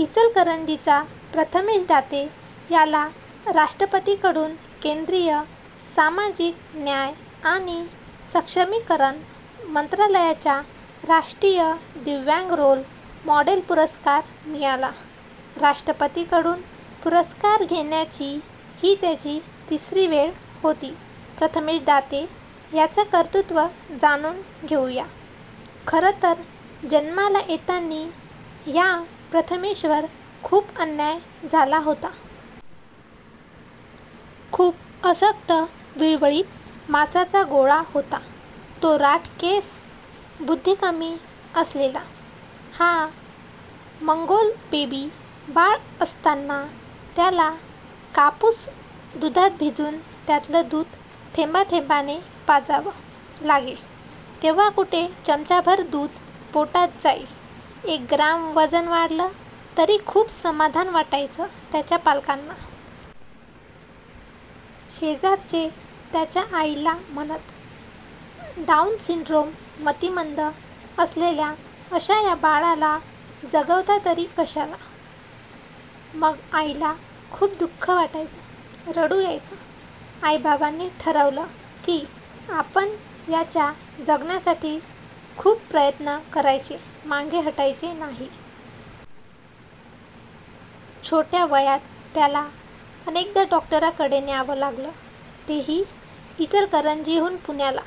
इचलकरंजीच्या प्रथमेश दाते याला राष्ट्रपतींकडून केंद्रीय 'सामाजिक न्याय आणि सक्षमीकरण मंत्रालया'चा 'राष्ट्रीय दिव्यांग रोल मॉडेल' पुरस्कार मिळाला. राष्ट्रपतींकडून पुरस्कार घेण्याची ही त्याची तिसरी वेळ होती. प्रथमेश दाते याचं कर्तृत्व जाणून घेऊ या. खरं तर जन्माला येताना ह्या प्रथमेशवर खूप अन्याय झाला होता. खूप अशक्त, विळविळीत मांसाचा गोळा होता तो! राठ केस, बुद्धी कमी असलेला हा मंगोलबेबी. बाळ असताना त्याला कापूस दुधात भिजवून त्यातलं दूध थेंबाथेंबाने पाजावं लागे, तेव्हा कुठे चमचाभर दूध पोटात जाई. एक ग्रॅम वजन वाढलं तरी खूप समाधान वाटायचं त्याच्या पालकांना. शेजारचे त्याच्या आईला म्हणत, 'डाऊन सिंड्रोम, मतिमंद असलेल्या अशा या बाळाला जगवता तरी कशाला? ' मग आईला खूप दु:ख वाटायचं, रडू यायचं. आईबाबांनी ठरवलं की आपण याच्या जगण्यासाठी खूप प्रयत्न करायचे, मागे हटायचं नाही. छोट्या वयात त्याला अनेकदा डॉक्टरकडे न्यावं लागलं, तेही इचलकरंजीहून पुण्याला.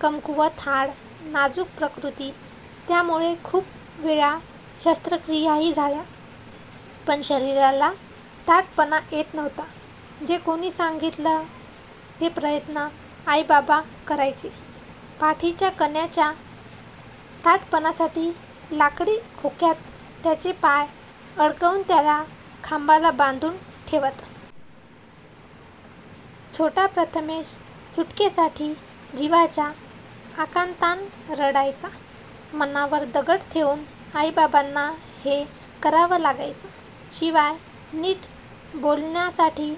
कमकुवत हाडं, नाजूक प्रकृती त्यामुळे खूप वेळा शस्त्रक्रियाही झाल्या. पण शरीराला ताठपणा येत नव्हता. जे कोणी सांगतील ते प्रयत्न आईबाबा करायचे. पाठीच्या कण्याच्या ताठपणासाठी लाकडी खोक्यात त्याचे पाय अडकवून त्याला खांबाला बांधून ठेवत. छोटा प्रथमेश सुटकेसाठी जिवाच्या आकांतानं रडायचा. मनावर दगड ठेवून आईबाबांना हे करावं लागायचं. शिवाय नीट बोलण्यासाठी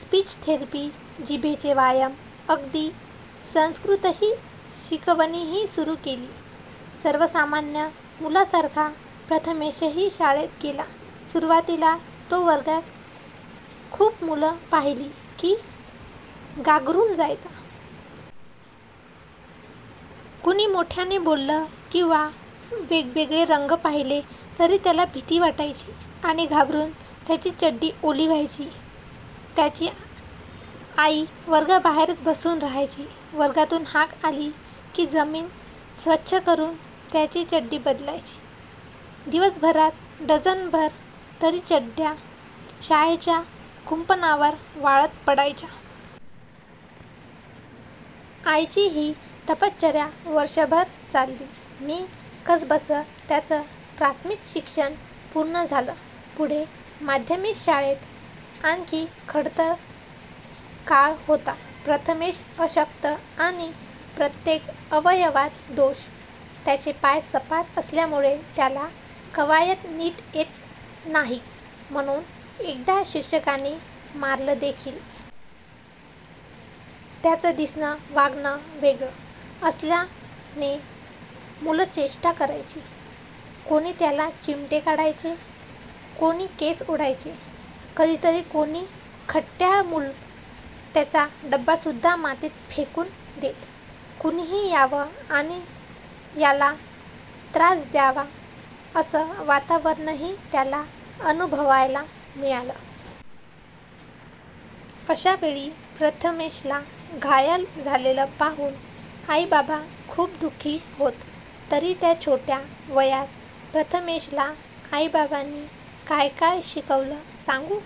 स्पीच थेरपी, जिभेचे व्यायाम... अगदी संस्कृतची शिकवणीही सुरू केली. सर्वसामान्य मुलांसारखा प्रथमेशही शाळेत गेला. सुरुवातीला तो वर्गात खूप मुलं पाहिली की गांगरून जायचा. कुणी मोठ्यानं बोललं किंवा वेगवगळे रंग पाहिले तरी त्याला भीती वाटायची, आणि घाबरून त्याची चड्डी ओली व्हायची. त्याची आई वर्गाबाहेरच बसून राहायची. वर्गातून हाक आली की जमीन स्वच्छ करून त्याची चड्डी बदलायची. दिवसभरात डझनभर तरी चड्ड्या शाळेच्या कुंपणावर वाळत पडायच्या. आईची ही तपश्चर्या वर्षभर चालली नि कसंबसं त्याचं प्राथमिक शिक्षण पूर्ण झालं. पुढे माध्यमिक शाळेत आणखी खडतर काळ होता. प्रथमेश अशक्त आणि प्रत्येक अवयवात दोष, त्याचे पाय सपाट असल्यामुळे त्याला कवायत नीट येत नाही, म्हणून एकदा शिक्षकांनी मारलंदेखील! त्याचं दिसणं, वागणं वेगळं असल्यानं मुलं चेष्टा करायची, कोणी त्याला चिमटे काढायचे, कोणी केस ओढायचे, कधीतरी कोणी खट्याळ मुलं त्याचा डबासुद्धा मातीत फेकून देत. कुणीही यावं आणि याला त्रास द्यावा, असं वातावरणही त्याला अनुभवायला मिळालं. अशा वेळी प्रथमेशला घायाळ झालेलं पाहून आईबाबा खूप दुःखी होत. तरी त्या छोटया वयात प्रथमेशला आईबाबांनी काय-काय शिकवलं सांगू?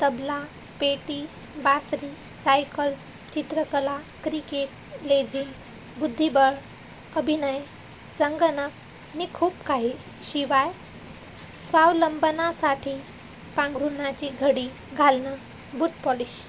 तबला, पेटी, बासरी, सायकल, चित्रकला, क्रिकेट, लेझीम, बुद्धिबळ, अभिनय, संगणक नि खूप काही. शिवाय स्वावलंबनासाठी पांघरुणाची घडी घालणं, बूटपॉलिश,